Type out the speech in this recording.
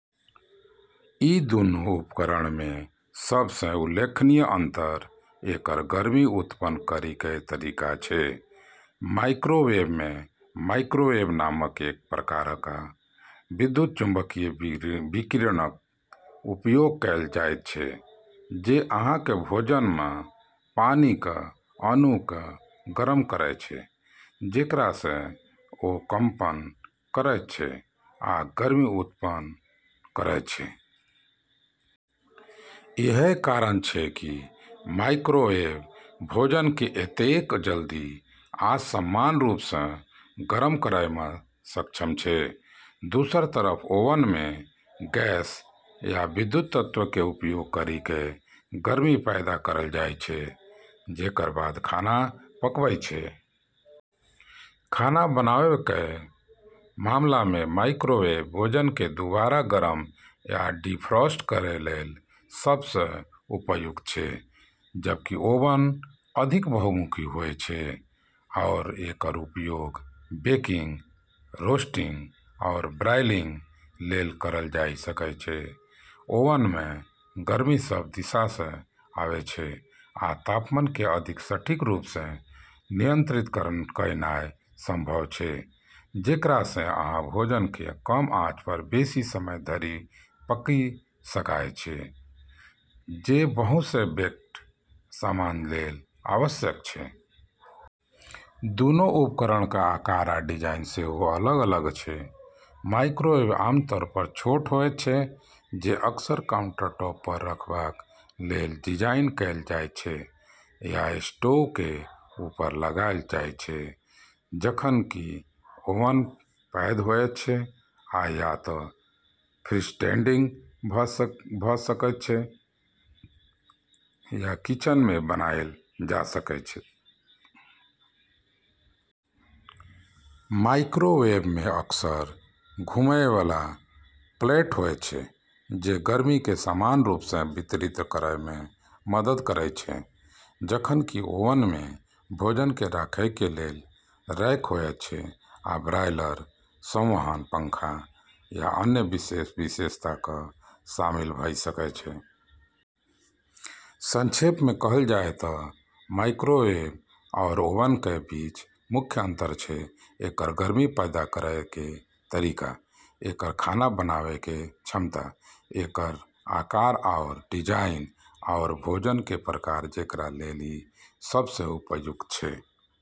ई दूनू उपकरणमे सबसँ उल्लेखनीय अंतर एकर गर्मी उत्पन्न करैके तरीका छै। माइक्रोवेवमे माइक्रोवेव नामक एक प्रकारक विद्युत चुम्बकीय विकिरणक उपयोग कैल जायत छै, जे अहाँक भोजनमे पानिक अणुक गरम करय छै, जेकरासँ ओ कंपन करैत छै आ गर्मी उत्पन्न करैत छै । इएह कारण छै कि माइक्रोवेव भोजनके एतेक जल्दी आ समान रूपसँ गरम करयमे सक्षम छै । दोसरा तरफ ओवनमे गैस या विद्युत तत्वके उपयोग करिके गर्मी पैदा करल जाय छै, जेकर बाद खाना पकबै छै। खाना बनाबैके मामलामे माइक्रोवेव भोजनके दोबारा गरम या डिफ्रॉस्ट करै लेल सबसँ उपयुक्त छै, जबकि ओवन अधिक बहुमुखी होय छै आओर एकर उपयोग बेकिंग, रोस्टिंग, आओर ब्रॉयलिंग लेल करल जाय सकै छै। ओवनमे गर्मी सब दिशासँ आबै छै, आ तापमानके अधिक सटीक रूपसँ नियंत्रित कयनाइ संभव छै, जेकरासँ अहाँ भोजनके कम आँच पर बेसि समय धरि पका सकय छी, जे बहुतसँ बेक्ड सामानक लेल आवश्यक छै । दुनू उपकरणक आकार आ डिजाइन सेहो अलग-अलग अछि। माइक्रोवेव आमतौर पर छोट होयत छै, जे अक्सर काउंटरटॉप पर रखबाक लेल डिजाइन कैल जायत छै या स्टोवकेँ ऊपर लगाएल जाइत छै, जखन कि ओवन पैघ होयत छै आ या त' फ्रीस्टैंडिंग भ' सकैत छै या किचनमे बनायल जा सकैत छै । माइक्रोवेवमे अक्सर घूमएयबला प्लेट होयत छै जे गर्मीके समान रूपसँ वितरित करयमे मदद करैत छै, जखन कि ओवनमे भोजनके राखैके लेल रैक होयत छै आ ब्रायलर, संवहन पंखा या अन्य विशेष विशेषताक शामिल भ' सकै छै। संक्षेपमे कहल जाय त' माइक्रोवेव आओर ओवनकेँ बीच मुख्य अंतर छै एकर गर्मी पैदा करैके तरीका, एकर खाना बनबैके क्षमता, एकर आकार आओर डिजाइन, आओर भोजनके प्रकार जेकरा लेल ई सबसँ उपयुक्त छै।